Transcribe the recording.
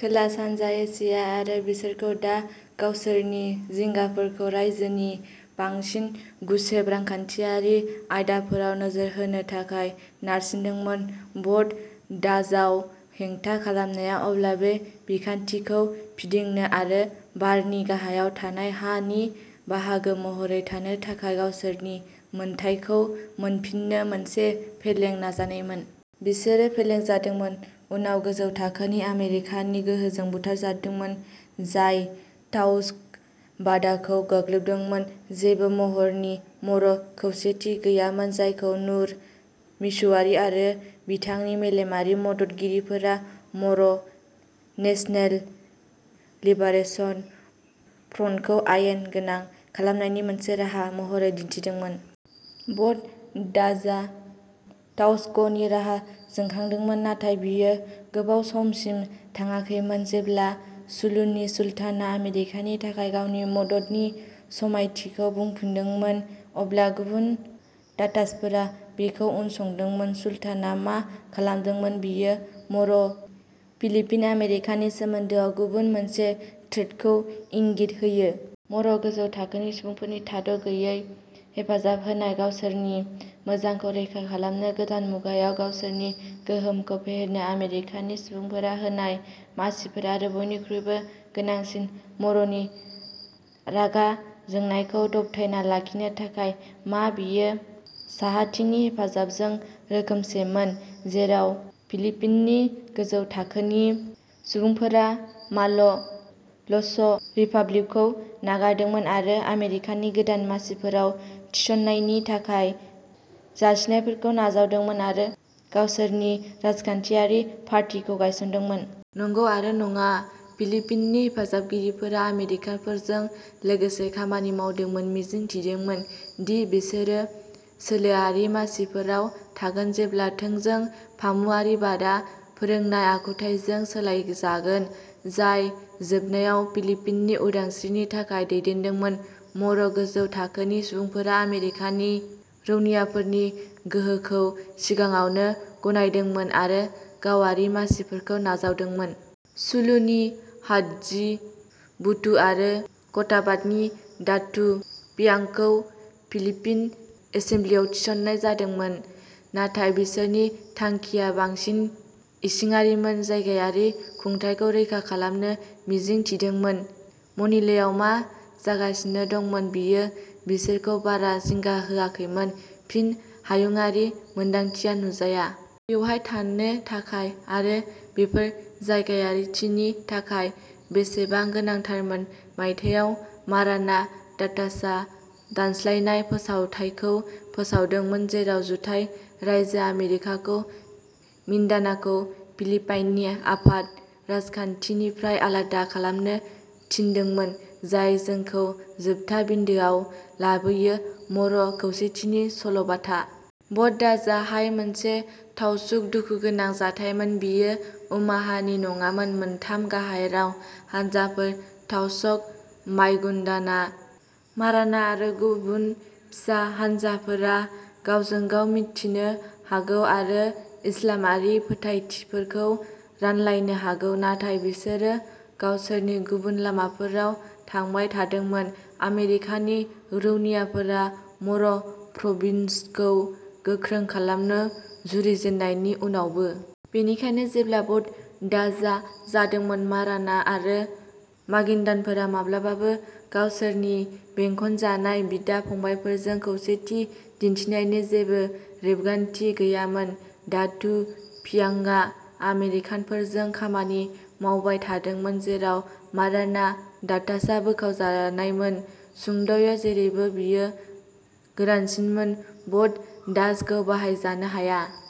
खोला-सानजा Asia आरो बिसोरखौ दा गावसोरनि जिंगाफोरखौ रायजोनि बांसिन गुसेब रांखान्थियारि आयदाफोराव नोजोर होनो थाखाय नारसिनदोंमोन। बड दाज'आव हेंथा खालामनाया अब्ला बे बिखान्थिखौ फिदिंनो आरो बारनि गाहायाव थानाय हा नि बाहागो महरै थानो थाखाय गावसोरनि मोनथायखौ मोनफिननो मोनसे फेलें नाजानायमोन। बिसोरो फेलें जादोंमोन, उनाव गोजौ थाखोनि आमेरिकानि गोहोजों बुथारजादोंमोन, जाय ताउस'ग बादाखौ गाग्लोबदोंमोन। जेबो महरनि मर' खौसेथि गैयामोन जायखौ नुर मिसुवारी आरो बिथांनि मेलेमारि मददगिरिफोरा मर' नेशनेल लिबारेशन फ्रन्टखौ आयेन गोनां खालामनायनि मोनसे राहा महरै दिन्थिदोंमोन। बड दाज'आ ताउस' गनि रागा जोंखांहोदोंमोन, नाथाय बेयो गोबाव समसिम थाङाखैमोन। जेब्ला सुलुनि सुल्तानआ आमेरिकानि थाखाय गावनि मददनि समायथिखौ बुंफिनदोंमोन, अब्ला गुबुन दातासफोरा बेखौ उनसंदोंमोन। सुल्तानआ मा खालामदोंमोन बेयो मर' फिलिपिन' आमेरिकानि सोमोन्दोआव गुबुन मोनसे थ्रेडखौ इंगित होयो। मर' गोजौ थाखोनि सुबुंफोरनि थाद' गैयै हेफाजाब होनाय, गावसोरनि मोजांखौ रैखा खालामनो, गोदान मुगायाव गावसोरनि गोहोमखौ फेहेरनो। आमेरिकानि सुबुंफोरा होनाय मासिफोर, आरो, बयनिख्रुइबो गोनांसिन, मर'नि रागा जोंनायखौ दबथायना लाखिनो थाखाय। मा बेयो साहाथिंनि हेफाजाबजों रोखोमसेमोन, जेराव फिलिपिन'नि गोजौ थाखोनि सुबुंफोरा माल' ल'स रिपाब्लिकखौ नागारदोंमोन आरो आमेरिकानि गोदान मासिफोराव थिसननायनि थाखाय जासिनायफोरखौ नाजावदोंमोन, आरो गावसोरनि राजखान्थियारि पार्टीखौ गायसनदोंमोन। नंगौ आरो नङा। फिलिपिन'नि हेफाजाबगिरिफोरा आमेरिकानफोरजों लोगोसे खामानि मावदोंमोन मिजिं थिदोंमोन दि बिसोरो सोलोआरि मासिफोराव थागोन जेब्ला थोंजों फामुवारिबादआ फोरोंनाय खुंथायजों सोलायजागोन, जाय जोबनायाव फिलिपिन'नि उदांस्रिनि थाखाय दैदेनदोंमोन। मर' गोजौ थाखोनि सुबुंफोरा आमेरिकानि रौनियाफोरनि गोहोखौ सिगाङावनो गनायदोंमोन, आरो गावारि मासिफोरखौ नाजावदोंमोन। सुलुनि हादजी बुटु आरो कटाबात'नि दातू पियांगखौ फिलिपिन एसेमब्लिआव थिस'न्नाय जादोंमोन। नाथाय बिसोरनि थांखिया बांसिन इसिङारिमोन, जायगायारि खुंथायखौ रैखा खालामनो मिजिं थिदोंमोन। मनिलायाव मा जागासिनो दंमोन बेयो बिसोरखौ बारा जिंगा होआखैमोन। फिन, हायुंआरि मोन्दांथिया नुजाया। बेवहाय थानो थाखाय। आरो बेफोर जायगायारिथिनि थाखाय बेसेबां गोनांथारमोन मायथाइयाव, माराना दातासआ दानसालान फोसावथायखौ फोसावदोंमोन, जेराव जुथाइ रायजो आमेरिकाखौ मिन्दानाखौ फिलिपाइननि आफाद राजखान्थिनिफ्राय आलादा खालामनो थिनदोंमोन। जाय जोंखौ जोबथा बिन्दोआव लाबोयो। मर' खौसेथिनि सल'बाथा। बड दाजआ हाय मोनसे ताउसुग दुखुगोनां जाथायमोन। बेयो उम्माहनि नङामोन, मोनथाम गाहाय राव हानजाफोर-ताउस'ग, मागुइन्दाना, माराना आरो गुबुन फिसा हानजाफोरा गावजों-गाव मिन्थिनो हागौ आरो इस्लामारि फोथायथिफोरखौ रानलायनो हागौ, नाथाय बिसोरो गावसोरनि गुबुन लामाफोराव थांबाय थादोंमोन, आमेरिकानि रौनियाफोरा मर'प्रभिन्सखौ गोख्रों खालामनो जुरिजेननायनि उनावबो। बेनिखायनो जेब्ला बड दाजआ जादोंमोन माराना आरो मागिनदान'फोरा माब्लाबाबो गावसोरनि बेंखनजानाय बिदा-फंबायफोरजों खौसेथि दिन्थिनायनि जेबो रेबगान्थि गैयामोन। दातू पियांगआ आमेरिकानफोरजों खामानि मावबाय थादोंमोन, जेराव माराना दातासआ बोखावजानायमोन। सुंद'यै जेरैबो बेयो गोरासिनमोन, बड दाजखौ बाहायजानो हाया।